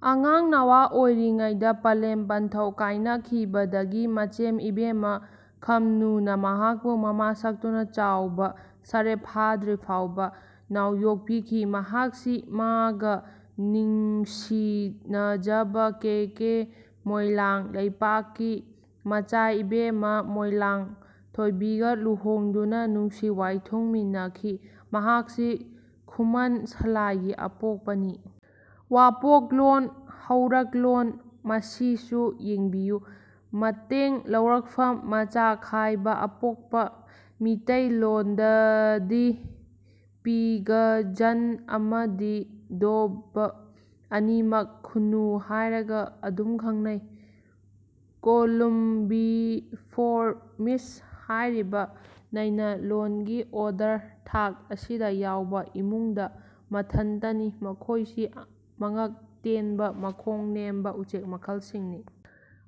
ꯑꯉꯥꯡ ꯅꯋꯥ ꯑꯣꯢꯔꯤꯉꯩꯗ ꯄꯂꯦꯝ ꯄꯟꯊꯧ ꯀꯥꯢꯅꯈꯤꯕꯗꯒꯤ ꯃꯆꯦꯝ ꯏꯕꯦꯝꯃ ꯈꯝꯅꯨꯅ ꯃꯍꯥꯛꯄꯨ ꯃꯃꯥ ꯁꯛꯇꯨꯅ ꯆꯥꯎꯕ ꯁꯔꯦꯞ ꯐꯥꯗ꯭ꯔꯤ ꯐꯥꯎꯕ ꯅꯥꯎꯌꯣꯛꯄꯤꯈꯤ꯫ ꯃꯍꯥꯛꯁꯤ ꯃꯥꯒ ꯅꯨꯡꯁꯤꯅꯖꯕ ꯀꯦꯀꯦ ꯃꯣꯢꯂꯥꯡ ꯂꯩꯄꯥꯛꯀꯤ ꯃꯆꯥꯏꯏꯕꯦꯝꯃ ꯃꯣꯢꯂꯥꯡ ꯊꯣꯢꯄꯤꯒ ꯂꯨꯍꯣꯡꯗꯨꯅ ꯅꯨꯡꯁꯤ ꯋꯥꯢꯊꯨꯡꯃꯤꯟꯅꯈꯤ꯫ ꯃꯍꯥꯛꯁꯤ ꯈꯨꯃꯟ ꯁꯂꯥꯢꯒꯤ ꯑꯄꯣꯛꯄꯅꯤ꯫ ꯋꯥꯄꯣꯛꯂꯣꯟ ꯍꯧꯔꯛꯂꯣꯟ ꯃꯁꯤꯁꯨ ꯌꯦꯡꯕꯤꯌꯨ ꯃꯇꯦꯡ ꯂꯧꯔꯛꯐꯝ ꯃꯆꯥꯈꯥꯏꯕ ꯑꯄꯣꯛꯄ ꯃꯤꯇꯩꯂꯣꯟꯗꯗꯤ ꯄꯤꯒꯖꯟ ꯑꯃꯗꯤ ꯗꯣꯚ ꯑꯅꯤꯃꯛ ꯈꯨꯅꯨ ꯍꯥꯢꯔꯒ ꯑꯗꯨꯝ ꯈꯪꯅꯩ꯫ ꯀꯣꯂꯨꯝꯕꯤꯐꯣꯔꯃꯤꯁ ꯍꯥꯢꯔꯤꯕ ꯅꯩꯅꯂꯣꯟꯒꯤ ꯑꯣꯔꯗꯔ (ꯊꯥꯛ) ꯑꯁꯤꯗ ꯌꯥꯎꯕ ꯏꯃꯨꯡꯗꯥ ꯃꯊꯟꯇꯅꯤ꯫ ꯃꯈꯣꯢꯁꯤ ꯃꯉꯛ ꯇꯦꯟꯕ ꯃꯈꯣꯡ ꯅꯦꯝꯕ ꯎꯆꯦꯛ ꯃꯈꯜꯁꯤꯡꯅꯤ꯫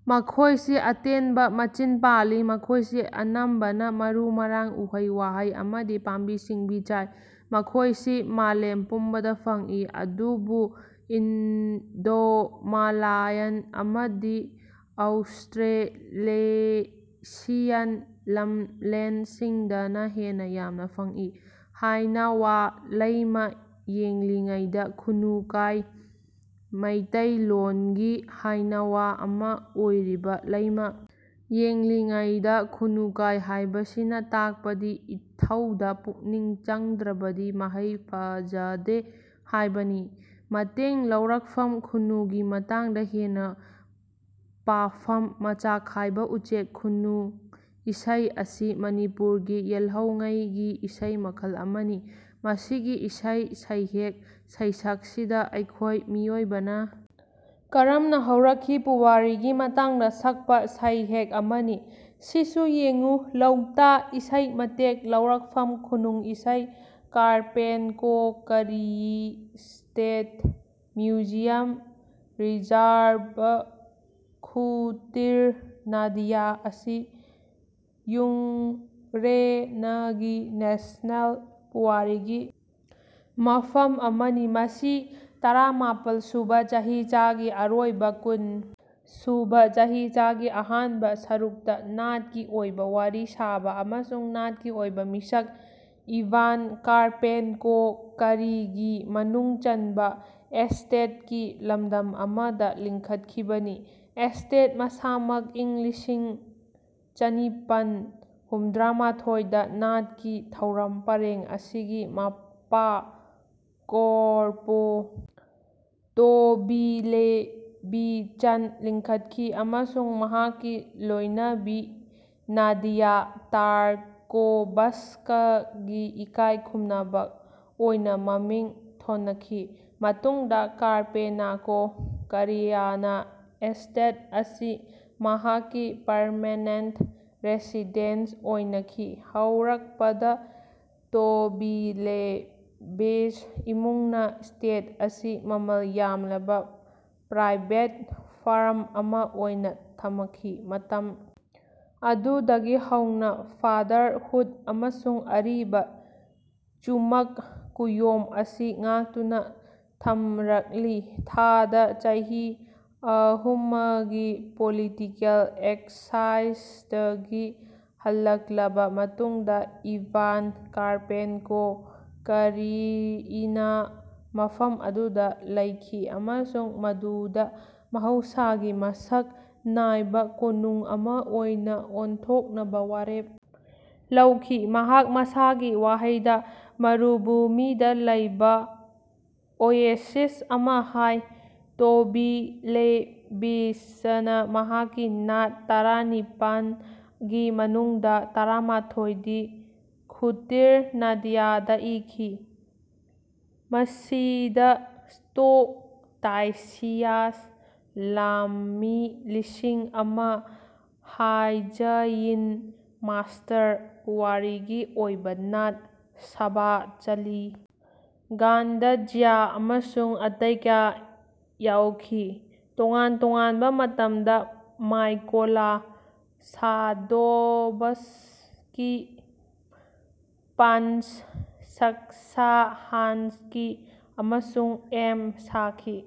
ꯃꯈꯣꯢꯁꯤ ꯑꯇꯦꯟꯕ ꯃꯆꯤꯟ ꯄꯥꯜꯂꯤ꯫ ꯃꯈꯣꯢꯁꯤ ꯑꯅꯝꯕꯅ ꯃꯔꯨ-ꯃꯔꯥꯡ, ꯎꯍꯩ-ꯋꯥꯍꯩ ꯑꯃꯗꯤ ꯄꯥꯝꯕꯤ-ꯁꯤꯡꯕꯤ ꯆꯥꯏ꯫ ꯃꯈꯣꯢꯁꯤ ꯃꯥꯂꯦꯝ ꯄꯨꯝꯕꯗ ꯐꯪꯏ ꯑꯗꯨꯕꯨ ꯏꯟꯗꯣꯃꯥꯂꯥꯌꯟ ꯑꯃꯗꯤ ꯑꯧꯁꯇ꯭ꯔꯦꯂꯦꯁꯤꯌꯥꯟ ꯂꯝꯂꯦꯟꯁꯤꯡꯗꯅ ꯍꯦꯟꯅ ꯌꯥꯝꯅ ꯐꯪꯏ꯫ ꯍꯥꯏꯅꯋꯥ ꯂꯩꯃ ꯌꯦꯡꯂꯤꯉꯩꯗ ꯈꯨꯅꯨ ꯀꯥꯏ ꯃꯩꯇꯩꯂꯣꯟꯒꯤ ꯍꯥꯏꯅꯋꯥ ꯑꯃ ꯑꯣꯏꯔꯤꯕ ꯂꯩꯃ ꯌꯦꯡꯂꯤꯉꯩꯗ ꯈꯨꯅꯨ ꯀꯥꯏ ꯍꯥꯏꯕꯁꯤꯅ ꯇꯥꯛꯄꯗꯤ ꯏꯊꯧꯗ ꯄꯨꯛꯅꯤꯡ ꯆꯪꯗ꯭ꯔꯕꯗꯤ ꯃꯍꯩ ꯐꯖꯗꯦ ꯍꯥꯏꯕꯅꯤ꯫ ꯃꯇꯦꯡ ꯂꯧꯔꯛꯐꯝ ꯈꯨꯅꯨꯒꯤ ꯃꯇꯥꯡꯗ ꯍꯦꯟꯅ ꯄꯥꯐꯝ ꯃꯆꯥꯈꯥꯏꯕ ꯎꯆꯦꯛ ꯈꯨꯅꯨꯡ ꯏꯁꯩ ꯑꯁꯤ ꯃꯅꯤꯄꯨꯔꯒꯤ ꯌꯦꯜꯍꯧꯉꯩꯒꯤ ꯏꯁꯩ ꯃꯈꯜ ꯑꯃꯅꯤ꯫ ꯃꯁꯤꯒꯤ ꯏꯁꯩ ꯁꯩꯍꯦꯛ ꯁꯩꯁꯛꯁꯤꯗ ꯑꯩꯈꯣꯏ ꯃꯤꯑꯣꯏꯕꯅ ꯀꯔꯝꯅ ꯍꯧꯔꯛꯈꯤ, ꯄꯨꯋꯥꯔꯤꯒꯤ ꯃꯇꯥꯡꯗ ꯁꯛꯄ ꯁꯩꯍꯦꯛ ꯑꯃꯅꯤ꯫ ꯁꯤꯁꯨ ꯌꯦꯡꯉꯨ ꯂꯧꯇꯥ ꯏꯁꯩ ꯃꯇꯦꯡ ꯂꯧꯔꯛꯐꯝ ꯈꯨꯅꯨꯡ ꯏꯁꯩ ꯀꯥꯔꯄꯦꯟꯀꯣ-ꯀꯔꯤꯌꯤ ꯁ꯭ꯇꯦꯠ ꯃ꯭ꯌꯨꯖꯤꯌꯝ-ꯔꯤꯖꯔꯕ ꯈꯨꯇꯤꯔ ꯅꯥꯗꯤꯌꯥ ꯑꯁꯤ ꯌꯨꯛꯔꯦꯅꯒꯤ ꯅꯦꯁꯅꯦꯜ ꯄꯨꯋꯥꯔꯤꯒꯤ ꯃꯐꯝ ꯑꯃꯅꯤ ꯃꯁꯤ ꯇꯔꯥ ꯃꯥꯄꯜ ꯁꯨꯕꯥ ꯆꯍꯤꯆꯥꯒꯤ ꯑꯔꯣꯏꯕ ꯀꯨꯟ ꯁꯨꯕꯥ ꯆꯍꯤꯆꯥꯒꯤ ꯑꯍꯥꯟꯕꯥ ꯁꯔꯨꯛꯇꯥ ꯅꯥꯠꯀꯤ ꯑꯣꯏꯕꯥ ꯋꯥꯔꯤ ꯁꯥꯕꯥ ꯑꯃꯁꯨꯡ ꯅꯥꯠꯀꯤ ꯑꯣꯏꯕꯥ ꯃꯤꯁꯛ ꯏꯚꯥꯟ ꯀꯥꯔꯄꯦꯟꯀꯣ-ꯀꯥꯔꯤꯒꯤ ꯃꯅꯨꯡ ꯆꯟꯕꯥ ꯑꯦꯁꯇꯦꯠꯀꯤ ꯂꯝꯗꯝ ꯑꯃꯗ ꯂꯤꯡꯈꯠꯈꯤꯕꯅꯤ꯫ ꯑꯦꯁꯇꯦꯠ ꯃꯁꯥꯃꯛ ꯏꯪ ꯂꯤꯁꯤꯡ ꯆꯥꯅꯤꯄꯟ ꯍꯨꯝꯗ꯭ꯔꯥꯃꯊꯣꯏ ꯗꯥ ꯅꯥꯠꯀꯤ ꯊꯧꯔꯝ ꯄꯔꯦꯡ ꯑꯁꯤꯒꯤ ꯃꯄꯥ ꯀꯣꯔꯄꯣ ꯇꯣꯕꯤꯂꯦꯚꯤꯆꯟ ꯂꯤꯡꯈꯠꯈꯤ ꯑꯃꯁꯨꯡ ꯃꯍꯥꯛꯀꯤ ꯂꯣꯢꯅꯕꯤ ꯅꯥꯗꯤꯌꯥ ꯇꯥꯔꯀꯣꯚꯁ꯭ꯀꯥꯒꯤ ꯏꯀꯥꯢ ꯈꯨꯝꯅꯕꯥ ꯑꯣꯏꯅꯥ ꯃꯃꯤꯡ ꯊꯣꯅꯈꯤ꯫ ꯃꯇꯨꯡꯗꯥ ꯀꯥꯔꯄꯦꯅꯀꯣ-ꯀꯔꯤꯌꯅꯥ ꯑꯦꯁꯇꯦꯠ ꯑꯁꯤ ꯃꯍꯥꯛꯀꯤ ꯄꯔꯃꯦꯅꯦꯟꯇ ꯔꯦꯁꯤꯗꯦꯟꯁ ꯑꯣꯏꯅꯈꯤ꯫ ꯍꯧꯔꯛꯄꯗꯥ ꯇꯣꯕꯤꯂꯦꯚꯤꯆ ꯏꯃꯨꯡꯅꯥ ꯏꯁ꯭ꯇꯦꯠ ꯑꯁꯤ ꯃꯥꯃꯜ ꯌꯥꯝꯂꯕꯥ ꯄ꯭ꯔꯥꯏꯚꯦꯠ ꯐꯥꯔꯝ ꯑꯃꯥ ꯑꯣꯏꯅꯥ ꯊꯃꯈꯤ꯫ ꯃꯇꯝ ꯑꯗꯨꯗꯒꯤ ꯍꯧꯅꯥ ꯐꯥꯗꯔ ꯍꯨꯠ ꯑꯃꯁꯨꯡ ꯑꯔꯤꯕ ꯆꯨꯃꯛ ꯀꯨꯌꯣꯝ ꯑꯁꯤ ꯉꯥꯛꯇꯨꯅꯥ ꯊꯝꯔꯛꯂꯤ꯫ ꯊꯥꯗ ꯆꯍꯤ ꯑꯍꯨꯃꯒꯤ ꯄꯣꯂꯤꯇꯤꯀꯦꯜ ꯑꯦꯛꯁꯥꯏꯖꯗꯒꯤ ꯍꯜꯂꯛꯂꯥꯕ ꯃꯇꯨꯡꯗꯥ ꯏꯚꯥꯟ ꯀꯥꯔꯄꯦꯟꯀꯣ-ꯀꯔꯤꯏꯅꯥ ꯃꯐꯝ ꯑꯗꯨꯗ ꯂꯩꯈꯤ ꯑꯃꯁꯨꯡ ꯃꯗꯨꯕꯨ ꯃꯍꯧꯁꯥꯒꯤ ꯃꯁꯛ ꯅꯥꯏꯕꯥ ꯀꯣꯅꯨꯡ ꯑꯃꯥ ꯑꯣꯏꯅꯥ ꯑꯣꯟꯊꯣꯛꯅꯕꯥ ꯋꯥꯔꯦꯞ ꯂꯧꯈꯤ ꯃꯍꯥꯛ ꯃꯁꯥꯒꯤ ꯋꯥꯍꯩꯗ ꯃꯔꯨꯚꯨꯃꯤꯗꯥ ꯂꯩꯕꯥ ꯑꯣꯌꯦꯁꯤꯁ ꯑꯃꯥ ꯍꯥꯏ꯫ ꯇꯣꯕꯤꯂꯦꯚꯤꯆꯅꯥ ꯃꯍꯥꯛꯀꯤ ꯅꯥꯠ ꯇꯔꯥꯅꯤꯄꯟ ꯒꯤ ꯃꯅꯨꯡꯗꯥ ꯇꯔꯥꯃꯊꯣꯏ ꯗꯤ ꯈꯨꯇꯤꯔ ꯅꯥꯗꯤꯌꯥꯗꯥ ꯏꯈꯤ꯫ ꯃꯁꯤꯗꯥ "ꯁ꯭ꯇꯣ ꯇꯥꯏꯁꯤꯌꯥꯆ" "ꯂꯥꯝꯃꯤ ꯂꯤꯁꯤꯡ ꯑꯃꯥ", "ꯍꯥꯖꯌꯤꯟ" "ꯃꯥꯁ꯭ꯇꯔ", ꯄꯨꯋꯥꯔꯤꯒꯤ ꯑꯣꯏꯕꯥ ꯅꯥꯠ "ꯁꯚꯥ ꯆꯂꯤ", "ꯒꯥꯟꯗꯖ꯭ꯌꯥ" ꯑꯃꯁꯨꯡ ꯑꯇꯩ ꯀꯌꯥ ꯌꯥꯎꯈꯤ꯫ ꯇꯣꯉꯥꯟ ꯇꯣꯉꯥꯟꯕꯥ ꯃꯇꯝꯗꯥ ꯃꯥꯏꯀꯣꯂꯥ ꯁꯥꯗꯣꯚꯁ꯭ꯀꯤ, ꯄꯥꯟꯁ ꯁꯛꯁꯥꯍꯥꯟꯁ꯭ꯀꯤ ꯑꯃꯁꯨꯡ ꯑꯦꯝ ꯁꯥꯈꯤ꯫